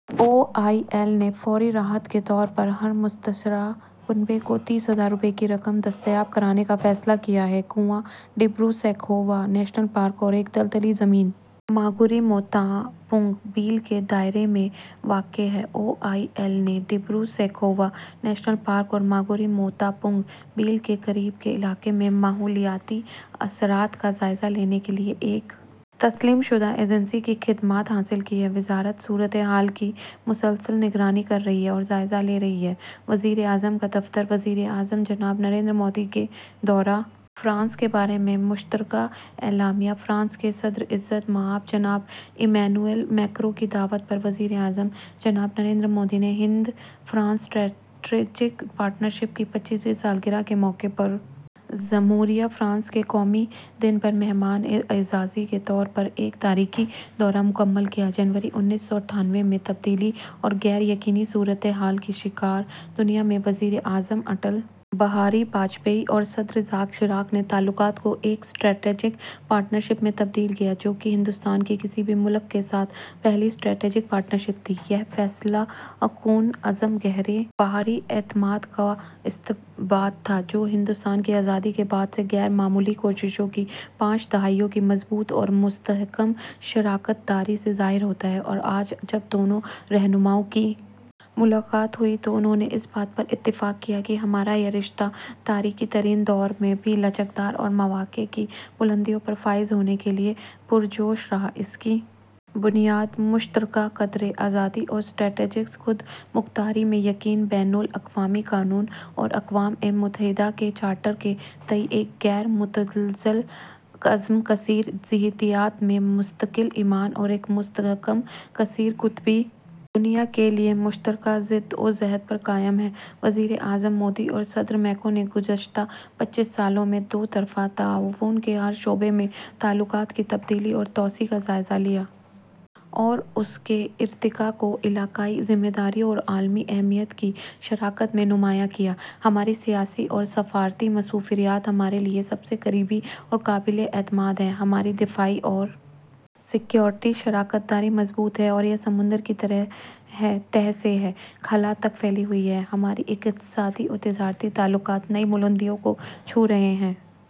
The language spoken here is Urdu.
او آئی ایل نے فوری راحت کے طور پر ہر متاثرہ کنبے کو تیس ہزار روپے کی رقم دستیاب کرانے کا فیصلہ کیا ہے کنواں ڈبرو سیکھووا نیشنل پارک اور ایک دلدلی زمین ماگوری موٹاپنگ بیل کے دائرے میں واقع ہے او آئی ایل نے ڈبرو سیکھووا نیشنل پارک اور ماگوری موٹاپنگ بیل کے قریب کے علاقے میں ماحولیاتی اثرات کا جائزہ لینے کے لیے ایک تسلیم شدہ ایجنسی کی خدمات حاصل کی ہیں وزارت صورت حال کی مسلسل نگرانی کر رہی ہے اور جائزہ لے رہی ہے وزیر اعظم کا دفتر وزیر اعظم جناب نریندر مودی کے دورہ فرانس کے بارے میں مشترکہ اعلامیہ فرانس کے صدر عزت مآب جناب ایمانوئل میکروں کی دعوت پر وزیر اعظم جناب نریندر مودی نے ہند فرانس اسٹریٹجک پارٹنرشپ کی پچیسویں سالگرہ کے موقع پر جمہوریہ فرانس کے قومی دن پر مہمان اعزازی کے طور پر ایک تاریخی دورہ مکمل کیا جنوری انیس سو اٹھانوے میں تبدیلی اور غیر یقینی صورتحال کی شکار دنیا میں وزیر اعظم اٹل بہاری واجپئی اور صدر جیک شیراک نے تعلقات کو ایک اسٹریٹجک پارٹنرشپ میں تبدیل کیا جو کہ ہندوستان کی کسی بھی ملک کے ساتھ پہلی اسٹریٹجک پارٹنرشپ تھی یہ فیصلہ کن عزم گہرے باہمی اعتماد کا اثبات تھا جو ہندوستان کی آزادی کے بعد سے غیر معمولی کوششوں کی پانچ دہائیوں کی مضبوط اور مستحکم شراکت داری سے ظاہر ہوتا ہے آج جب دونوں رہنماؤں کی ملاقات ہوئی تو انہوں نے اس بات پر اتفاق کیا کہ ہمارا یہ رشتہ تاریک ترین دور میں بھی لچکدار اور مواقع کی بلندیوں پر فائز ہونے کے لیے پرجوش رہا اس کی بنیاد مشترکہ اقدار آزادی اور اسٹریٹجک خودمختاری میں یقین بین الاقوامی قانون اور اقوام متحدہ کے چارٹر کے تئیں ایک غیر متزلزل عزم کثیر جہتیت میں مستقل ایمان اور ایک مستحکم کثیر قطبی دنیا کے لیے مشترکہ جدوجہد پر قائم ہے وزیر اعظم مودی اور صدر میکروں نے گزشتہ پچیس سالوں میں دوطرفہ تعاون کے ہر شعبے میں تعلقات کی تبدیلی اور توسیع کا جائزہ لیا اور اس کے ارتقا کو علاقائی ذمہ داریوں اور عالمی اہمیت کی شراکت میں نمایاں کیا ہماری سیاسی اور سفارتی مصروفیات ہمارے لیے سب سے قریب اور قابل اعتماد ہیں ہماری دفاعی اور سیکورٹی شراکت داری مضبوط ہے اور یہ سمندر کی تہہ سے خلا تک پھیلی ہوئی ہے ہمارے اقتصادی اور تجارتی تعلقات نئی بلندیوں کو چھو رہے ہیں